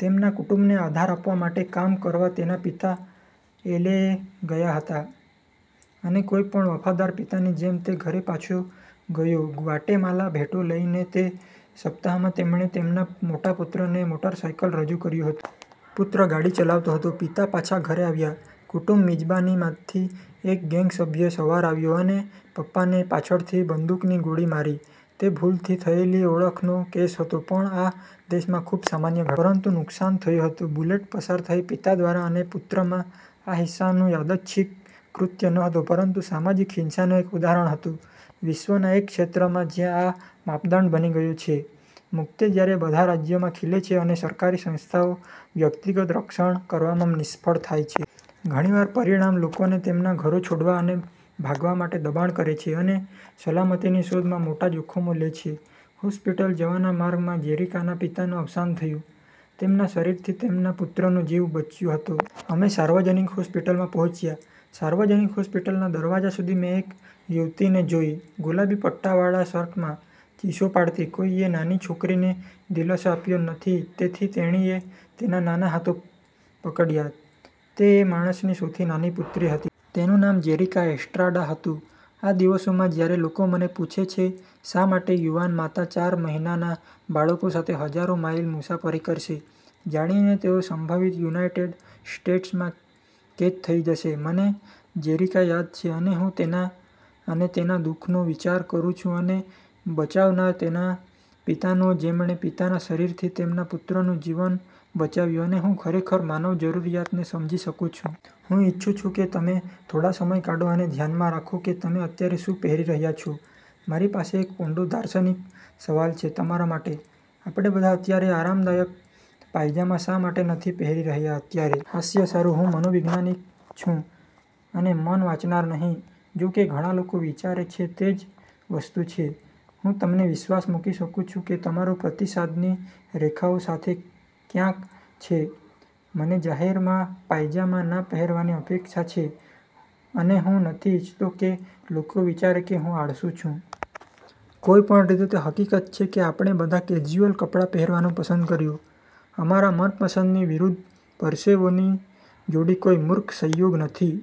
તેમના કુટુંબને આધાર આપવા માટે કામ કરવા તેના પિતા એલએ ગયા હતા અને કોઈપણ વફાદાર પિતાની જેમ તે ઘરે પાછો ગયો ગ્વાટેમાલા ભેટો લઈને. તે સપ્તાહમાં તેમણે તેમના મોટા પુત્રને મોટરસાયકલ રજૂ કર્યું હતું. પુત્ર ગાડી ચલાવતો હતો, પિતા પાછા ઘરે આવ્યા કુટુંબ મિજબાની માંથી, એક ગેંગ સભ્ય સવાર આવ્યો અને પપ્પાને પાછળથી બંદૂકની ગોળી મારી. તે ભૂલથી થયેલી ઓળખનો કેસ હતો પણ આ દેશમાં ખૂબ સામાન્ય ઘટના. પરંતુ નુકસાન થયું હતું. બુલેટ પસાર થઈ પિતા દ્વારા અને પુત્રમાં. આ હિંસાનું યાર્દચ્છિક કૃત્ય નહોતુ પરંતુ સામાજિક હિંસાનું એક ઉદાહરણ હતું વિશ્વના એક ક્ષેત્રમાં જ્યાં આ માપદંડ બની ગયો છે. મુક્તિ જ્યારે બધા રાજ્યમાં ખીલે છે અને સરકારી સંસ્થાઓ વ્યક્તિગત રક્ષણ કરવામાં નિષ્ફળ થાય છે. ઘણી વાર, પરિણામ લોકોને તેમના ઘરો છોડવા અને ભાગવા માટે દબાણ કરે છે અને સલામતીની શોધમાં મોટા જોખમો લે છે. હોસ્પિટલ જવાના માર્ગમાં જેરીકાના પિતાનું અવસાન થયું. તેમના શરીરથી તેમના પુત્રનો જીવ બચ્યો હતો. અમે સાર્વજનિક હોસ્પિટલમાં પહોંચ્યા. સાર્વજનિક હોસ્પિટલના દરવાજા સુધી મેં એક યુવતીને જોઇ ગુલાબી પટ્ટાવાળા શર્ટમાં, ચીસો પાડતી. કોઈએ નાની છોકરીને દિલાસો આપ્યો નહીં તેથી તેણીએ તેના નાના હાથો પકડ્યા. તે એ માણસની સૌથી નાની પુત્રી હતી. તેનું નામ જેરિકા એસ્ટ્રાડા હતું. આ દિવસોમાં, જ્યારે લોકો મને પૂછે છે શા માટે યુવાન માતા ચાર મહિનાનાં બાળકો સાથે હજારો માઇલ મુસાફરી કરશે, જાણીને તેઓ સંભવિત યુનાઇટેડ સ્ટેટ્સમાં કેદ થઈ જશે, મને જેરિકા યાદ છે અને હું તેના અને તેના દુઃખનો વિચાર કરું છું અને બચાવનાર તેના પિતાનો જેમણે પોતાના શરીરથી તેમના પુત્રનું જીવન બચાવ્યું અને હું ખરેખર માનવ જરૂરિયાતને સમજી શકું છું. હું ઇચ્છું છું કે તમે થોડો સમય કાઢો અને ધ્યાનમાં રાખો કે તમે અત્યારે શું પહેરી રહ્યા છો. મારી પાસે એક ઊંડો દાર્શનિક સવાલ છે તમારા માટે, "આપણે બધા અત્યારે આરામદાયક પાયજામા શા માટે નથી પહેરી રહ્યા અત્યારે?" હાસ્ય સારું. હું મનોવૈજ્ઞાનિક છું અને મન વાંચનાર નહીં જોકે ઘણા લોકો વિચારે છે તે જ વસ્તુ છે. હું તમને વિશ્વાસ મૂકી શકું છું કે તમારો પ્રતિસાદની રેખાઓ સાથે ક્યાંક છે, "મને જાહેરમાં પાયજામા ના પહેરવાની અપેક્ષા છે" અને "હું નથી ઇરછતો કે લોકો વિચારે કે હું આળસું છું." કોઈપણ રીતે તે હકીકત છે કે આપણે બધા કેઝ્યુઅલ કપડાં પહેરવાનું પસંદ કર્યું. અમારા મનપસંદની વિરુદ્ધ પરસેવોની જોડી કોઈ મૂર્ખ સંયોગ નથી.